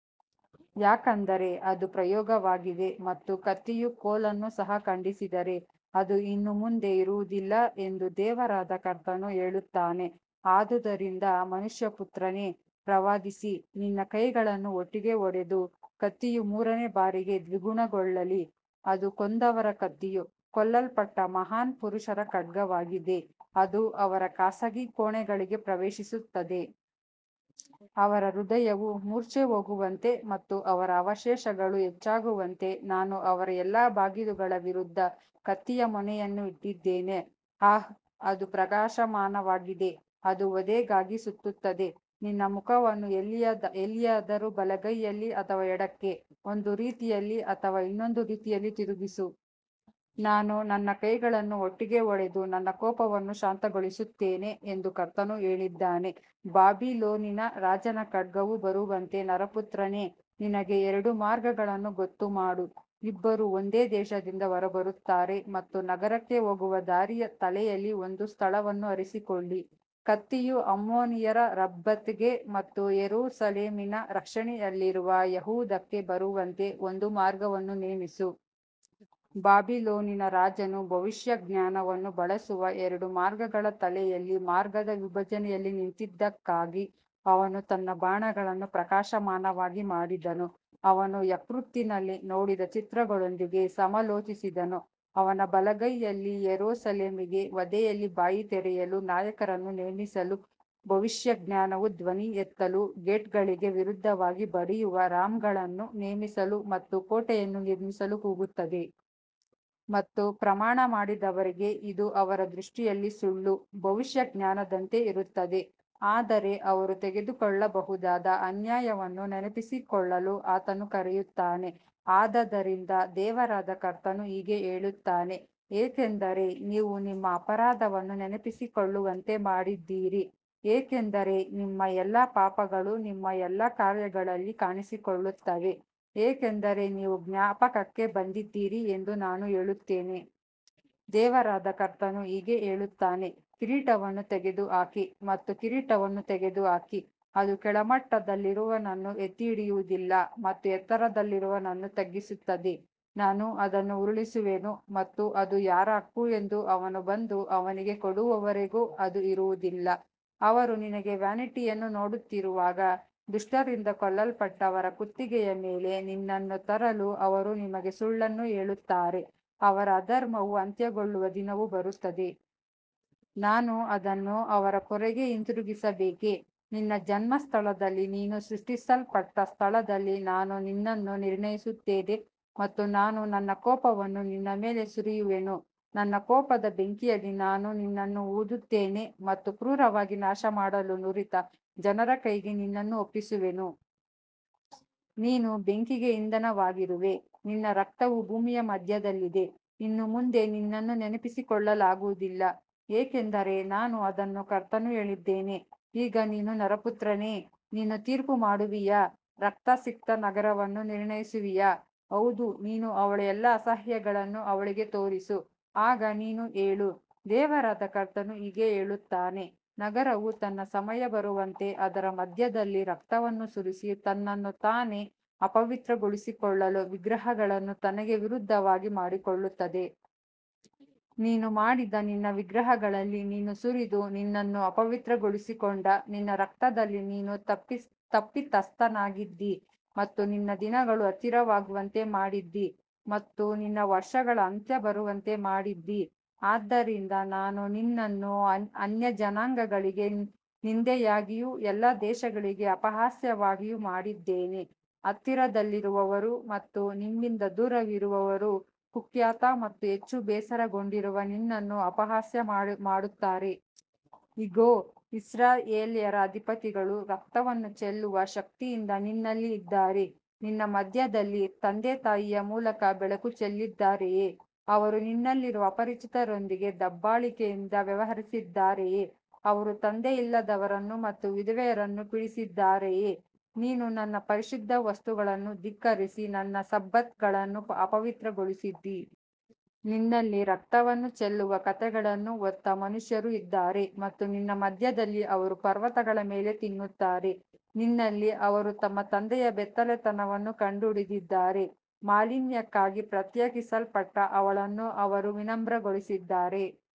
ಯಾಕಂದರೆ ಅದು ಪ್ರಯೋಗವಾಗಿದೆ ಮತ್ತು ಕತ್ತಿಯು ಕೋಲನ್ನು ಸಹ ಖಂಡಿಸಿದರೆ ಅದು ಇನ್ನು ಮುಂದೆ ಇರುವುದಿಲ್ಲ ಎಂದು ದೇವರಾದ ಕರ್ತನು ಹೇಳುತ್ತಾನೆ. ಆದುದರಿಂದ ಮನುಷ್ಯಪುತ್ರನೇ, ಪ್ರವಾದಿಸಿ, ನಿನ್ನ ಕೈಗಳನ್ನು ಒಟ್ಟಿಗೆ ಹೊಡೆದು, ಕತ್ತಿಯು ಮೂರನೇ ಬಾರಿಗೆ ದ್ವಿಗುಣಗೊಳ್ಳಲಿ. ಅದು ಕೊಂದವರ ಕತ್ತಿಯು, ಕೊಲ್ಲಲ್ಪಟ್ಟ ಮಹಾನ್ ಪುರುಷರ ಖಡ್ಗವಾಗಿದೆ, ಅದು ಅವರ ಖಾಸಗಿ ಕೋಣೆಗಳಿಗೆ ಪ್ರವೇಶಿಸುತ್ತದೆ. ಅವರ ಹೃದಯವು ಮೂರ್ಛೆಹೋಗುವಂತೆ ಮತ್ತು ಅವರ ಅವಶೇಷಗಳು ಹೆಚ್ಚಾಗುವಂತೆ ನಾನು ಅವರ ಎಲ್ಲಾ ಬಾಗಿಲುಗಳ ವಿರುದ್ಧ ಕತ್ತಿಯ ಮೊನೆಯನ್ನು ಇಟ್ಟಿದ್ದೇನೆ. ಆಹ್, ಅದು ಪ್ರಕಾಶಮಾನವಾಗಿದೆ, ಅದು ವಧೆಗಾಗಿ ಸುತ್ತುತ್ತದೆ. ನಿನ್ನ ಮುಖವನ್ನು ಎಲ್ಲಿಯಾದರೂ ಬಲಗೈಯಲ್ಲಿ ಅಥವಾ ಎಡಕ್ಕೆ, ಒಂದು ರೀತಿಯಲ್ಲಿ ಅಥವಾ ಇನ್ನೊಂದು ರೀತಿಯಲ್ಲಿ ತಿರುಗಿಸು. ನಾನು ನನ್ನ ಕೈಗಳನ್ನು ಒಟ್ಟಿಗೆ ಹೊಡೆದು ನನ್ನ ಕೋಪವನ್ನು ಶಾಂತಗೊಳಿಸುತ್ತೇನೆ ಎಂದು ಕರ್ತನು ಹೇಳಿದ್ದಾನೆ. ಬಾಬಿಲೋನಿನ ರಾಜನ ಖಡ್ಗವು ಬರುವಂತೆ ನರಪುತ್ರನೇ, ನಿನಗೆ ಎರಡು ಮಾರ್ಗಗಳನ್ನು ಗೊತ್ತುಮಾಡು. ಇಬ್ಬರೂ ಒಂದೇ ದೇಶದಿಂದ ಹೊರಬರುತ್ತಾರೆ ಮತ್ತು ನಗರಕ್ಕೆ ಹೋಗುವ ದಾರಿಯ ತಲೆಯಲ್ಲಿ ಒಂದು ಸ್ಥಳವನ್ನು ಆರಿಸಿಕೊಳ್ಳಿ. ಕತ್ತಿಯು ಅಮ್ಮೋನಿಯರ ರಬ್ಬತ್ಗೆ ಮತ್ತು ಯೆರೂಸಲೇಮಿನ ರಕ್ಷಣೆಯಲ್ಲಿರುವ ಯೆಹೂದಕ್ಕೆ ಬರುವಂತೆ ಒಂದು ಮಾರ್ಗವನ್ನು ನೇಮಿಸು. ಬಾಬಿಲೋನಿನ ರಾಜನು ಭವಿಷ್ಯಜ್ಞಾನವನ್ನು ಬಳಸುವ ಎರಡು ಮಾರ್ಗಗಳ ತಲೆಯಲ್ಲಿ ಮಾರ್ಗದ ವಿಭಜನೆಯಲ್ಲಿ ನಿಂತಿದ್ದಕ್ಕಾಗಿ, ಅವನು ತನ್ನ ಬಾಣಗಳನ್ನು ಪ್ರಕಾಶಮಾನವಾಗಿ ಮಾಡಿದನು, ಅವನು ಯಕೃತ್ತಿನಲ್ಲಿ ನೋಡಿದ ಚಿತ್ರಗಳೊಂದಿಗೆ ಸಮಾಲೋಚಿಸಿದನು. ಅವನ ಬಲಗೈಯಲ್ಲಿ ಯೆರೂಸಲೇಮಿಗೆ ವಧೆಯಲ್ಲಿ ಬಾಯಿ ತೆರೆಯಲು ನಾಯಕರನ್ನು ನೇಮಿಸಲು, ಭವಿಷ್ಯಜ್ಞಾನವು ಧ್ವನಿ ಎತ್ತಲು, ಗೇಟ್ಗಳಿಗೆ ವಿರುದ್ಧವಾಗಿ ಬಡಿಯುವ ರಾಮ್ಗಳನ್ನು ನೇಮಿಸಲು ಮತ್ತು ಕೋಟೆಯನ್ನು ನಿರ್ಮಿಸಲು ಕೂಗುತ್ತದೆ. ಮತ್ತು ಪ್ರಮಾಣ ಮಾಡಿದವರಿಗೆ ಇದು ಅವರ ದೃಷ್ಟಿಯಲ್ಲಿ ಸುಳ್ಳು ಭವಿಷ್ಯಜ್ಞಾನದಂತೆ ಇರುತ್ತದೆ, ಆದರೆ ಅವರು ತೆಗೆದುಕೊಳ್ಳಬಹುದಾದ ಅನ್ಯಾಯವನ್ನು ನೆನಪಿಸಿಕೊಳ್ಳಲು ಆತನು ಕರೆಯುತ್ತಾನೆ. ಆದದರಿಂದ ದೇವರಾದ ಕರ್ತನು ಹೀಗೆ ಹೇಳುತ್ತಾನೆ, ಏಕೆಂದರೆ ನೀವು ನಿಮ್ಮ ಅಪರಾಧವನ್ನು ನೆನಪಿಸಿಕೊಳ್ಳುವಂತೆ ಮಾಡಿದ್ದೀರಿ, ಏಕೆಂದರೆ ನಿಮ್ಮ ಎಲ್ಲಾ ಪಾಪಗಳು ನಿಮ್ಮ ಎಲ್ಲಾ ಕಾರ್ಯಗಳಲ್ಲಿ ಕಾಣಿಸಿಕೊಳ್ಳುತ್ತವೆ, ಏಕೆಂದರೆ ನೀವು ಜ್ಞಾಪಕಕ್ಕೆ ಬಂದಿದ್ದೀರಿ ಎಂದು ನಾನು ಹೇಳುತ್ತೇನೆ. ದೇವರಾದ ಕರ್ತನು ಹೀಗೆ ಹೇಳುತ್ತಾನೆ, ಕಿರೀಟವನ್ನು ತೆಗೆದುಹಾಕಿ ಮತ್ತು ಕಿರೀಟವನ್ನು ತೆಗೆದುಹಾಕಿ, ಅದು ಕೆಳಮಟ್ಟದಲ್ಲಿರುವವನನ್ನು ಎತ್ತಿಹಿಡಿಯುವುದಿಲ್ಲ ಮತ್ತು ಎತ್ತರದಲ್ಲಿರುವವನನ್ನು ತಗ್ಗಿಸುತ್ತದೆ. ನಾನು ಅದನ್ನು ಉರುಳಿಸುವೆನು ಮತ್ತು ಅದು ಯಾರ ಹಕ್ಕು ಎಂದು ಅವನು ಬಂದು ಅವನಿಗೆ ಕೊಡುವವರೆಗೂ ಅದು ಇರುವುದಿಲ್ಲ. ಅವರು ನಿನಗೆ ವ್ಯಾನಿಟಿಯನ್ನು ನೋಡುತ್ತಿರುವಾಗ, ದುಷ್ಟರಿಂದ ಕೊಲ್ಲಲ್ಪಟ್ಟವರ ಕುತ್ತಿಗೆಯ ಮೇಲೆ ನಿನ್ನನ್ನು ತರಲು ಅವರು ನಿಮಗೆ ಸುಳ್ಳನ್ನು ಹೇಳುತ್ತಾರೆ, ಅವರ ಅಧರ್ಮವು ಅಂತ್ಯಗೊಳ್ಳುವ ದಿನವು ಬರುತ್ತದೆ. ನಾನು ಅದನ್ನು ಅವನ ಪೊರೆಗೆ ಹಿಂತಿರುಗಿಸಬೇಕೇ, ನಿನ್ನ ಜನ್ಮಸ್ಥಳದಲ್ಲಿ ನೀನು ಸೃಷ್ಟಿಸಲ್ಪಟ್ಟ ಸ್ಥಳದಲ್ಲಿ ನಾನು ನಿನ್ನನ್ನು ನಿರ್ಣಯಿಸುತ್ತೇನೆ ಮತ್ತು ನಾನು ನನ್ನ ಕೋಪವನ್ನು ನಿನ್ನ ಮೇಲೆ ಸುರಿಯುವೆನು. ನನ್ನ ಕೋಪದ ಬೆಂಕಿಯಲ್ಲಿ ನಾನು ನಿನ್ನನ್ನು ಊದುತ್ತೇನೆ ಮತ್ತು ಕ್ರೂರವಾಗಿ ನಾಶಮಾಡಲು ನುರಿತ ಜನರ ಕೈಗೆ ನಿನ್ನನ್ನು ಒಪ್ಪಿಸುವೆನು. ನೀನು ಬೆಂಕಿಗೆ ಇಂಧನವಾಗಿರುವೆ, ನಿನ್ನ ರಕ್ತವು ಭೂಮಿಯ ಮಧ್ಯದಲ್ಲಿದೆ, ಇನ್ನು ಮುಂದೆ ನಿನ್ನನ್ನು ನೆನಪಿಸಿಕೊಳ್ಳಲಾಗುವುದಿಲ್ಲ, ಏಕೆಂದರೆ ನಾನು ಅದನ್ನು ಕರ್ತನು ಹೇಳಿದ್ದೇನೆ. ಈಗ ನೀನು ನರಪುತ್ರನೇ, ನೀನು ತೀರ್ಪುಮಾಡುವಿಯಾ, ರಕ್ತಸಿಕ್ತ ನಗರವನ್ನು ನಿರ್ಣಯಿಸುವಿಯಾ? ಹೌದು, ನೀನು ಅವಳ ಎಲ್ಲಾ ಅಸಹ್ಯಗಳನ್ನು ಅವಳಿಗೆ ತೋರಿಸು. ಆಗ ನೀನು ಹೇಳು, ದೇವರಾದ ಕರ್ತನು ಹೀಗೆ ಹೇಳುತ್ತಾನೆ, ನಗರವು ತನ್ನ ಸಮಯ ಬರುವಂತೆ ಅದರ ಮಧ್ಯದಲ್ಲಿ ರಕ್ತವನ್ನು ಸುರಿಸಿ ತನ್ನನ್ನು ತಾನೇ ಅಪವಿತ್ರಗೊಳಿಸಿಕೊಳ್ಳಲು ವಿಗ್ರಹಗಳನ್ನು ತನಗೆ ವಿರುದ್ಧವಾಗಿ ಮಾಡಿಕೊಳ್ಳುತ್ತದೆ. ನೀನು ಮಾಡಿದ ನಿನ್ನ ವಿಗ್ರಹಗಳಲ್ಲಿ ನೀನು ಸುರಿದು ನಿನ್ನನ್ನು ಅಪವಿತ್ರಗೊಳಿಸಿಕೊಂಡ ನಿನ್ನ ರಕ್ತದಲ್ಲಿ ನೀನು ತಪ್ಪಿತಸ್ಥನಾಗಿದ್ದೀ ಮತ್ತು ನಿನ್ನ ದಿನಗಳು ಹತ್ತಿರವಾಗುವಂತೆ ಮಾಡಿದ್ದೀ ಮತ್ತು ನಿನ್ನ ವರ್ಷಗಳ ಅಂತ್ಯ ಬರುವಂತೆ ಮಾಡಿದ್ದೀ. ಆದ್ದರಿಂದ ನಾನು ನಿನ್ನನ್ನು ಅನ್ಯಜನಾಂಗಗಳಿಗೆ ನಿಂದೆಯಾಗಿಯೂ ಎಲ್ಲಾ ದೇಶಗಳಿಗೆ ಅಪಹಾಸ್ಯವಾಗಿಯೂ ಮಾಡಿದ್ದೇನೆ. ಹತ್ತಿರದಲ್ಲಿರುವವರು ಮತ್ತು ನಿಮ್ಮಿಂದ ದೂರವಿರುವವರು ಕುಖ್ಯಾತ ಮತ್ತು ಹೆಚ್ಚು ಬೇಸರಗೊಂಡಿರುವ ನಿನ್ನನ್ನು ಅಪಹಾಸ್ಯ ಮಾಡುತ್ತಾರೆ. ಇಗೋ, ಇಸ್ರಾಯೇಲ್ಯರ ಅಧಿಪತಿಗಳು ರಕ್ತವನ್ನು ಚೆಲ್ಲುವ ಶಕ್ತಿಯಿಂದ ನಿನ್ನಲ್ಲಿ ಇದ್ದಾರೆ. ನಿನ್ನ ಮಧ್ಯದಲ್ಲಿ ತಂದೆ ತಾಯಿಯ ಮೂಲಕ ಬೆಳಕು ಚೆಲ್ಲಿದ್ದಾರೆಯೇ? ಅವರು ನಿನ್ನಲ್ಲಿರುವ ಅಪರಿಚಿತರೊಂದಿಗೆ ದಬ್ಬಾಳಿಕೆಯಿಂದ ವ್ಯವಹರಿಸಿದ್ದಾರೆಯೇ? ಅವರು ತಂದೆಯಿಲ್ಲದವರನ್ನು ಮತ್ತು ವಿಧವೆಯರನ್ನು ಪೀಡಿಸಿದ್ದಾರೆಯೇ? ನೀನು ನನ್ನ ಪರಿಶುದ್ಧ ವಸ್ತುಗಳನ್ನು ಧಿಕ್ಕರಿಸಿ ನನ್ನ ಸಬ್ಬತ್ಗಳನ್ನು ಅಪವಿತ್ರಗೊಳಿಸಿದ್ದೀ. ನಿನ್ನಲ್ಲಿ ರಕ್ತವನ್ನು ಚೆಲ್ಲುವ ಕಥೆಗಳನ್ನು ಹೊತ್ತ ಮನುಷ್ಯರು ಇದ್ದಾರೆ ಮತ್ತು ನಿನ್ನ ಮಧ್ಯದಲ್ಲಿ ಅವರು ಪರ್ವತಗಳ ಮೇಲೆ ತಿನ್ನುತ್ತಾರೆ. ನಿನ್ನಲ್ಲಿ ಅವರು ತಮ್ಮ ತಂದೆಯ ಬೆತ್ತಲೆತನವನ್ನು ಕಂಡುಹಿಡಿದಿದ್ದಾರೆ, ಮಾಲಿನ್ಯಕ್ಕಾಗಿ ಪ್ರತ್ಯೇಕಿಸಲ್ಪಟ್ಟ ಅವಳನ್ನು ಅವರು ವಿನಮ್ರಗೊಳಿಸಿದ್ದಾರೆ.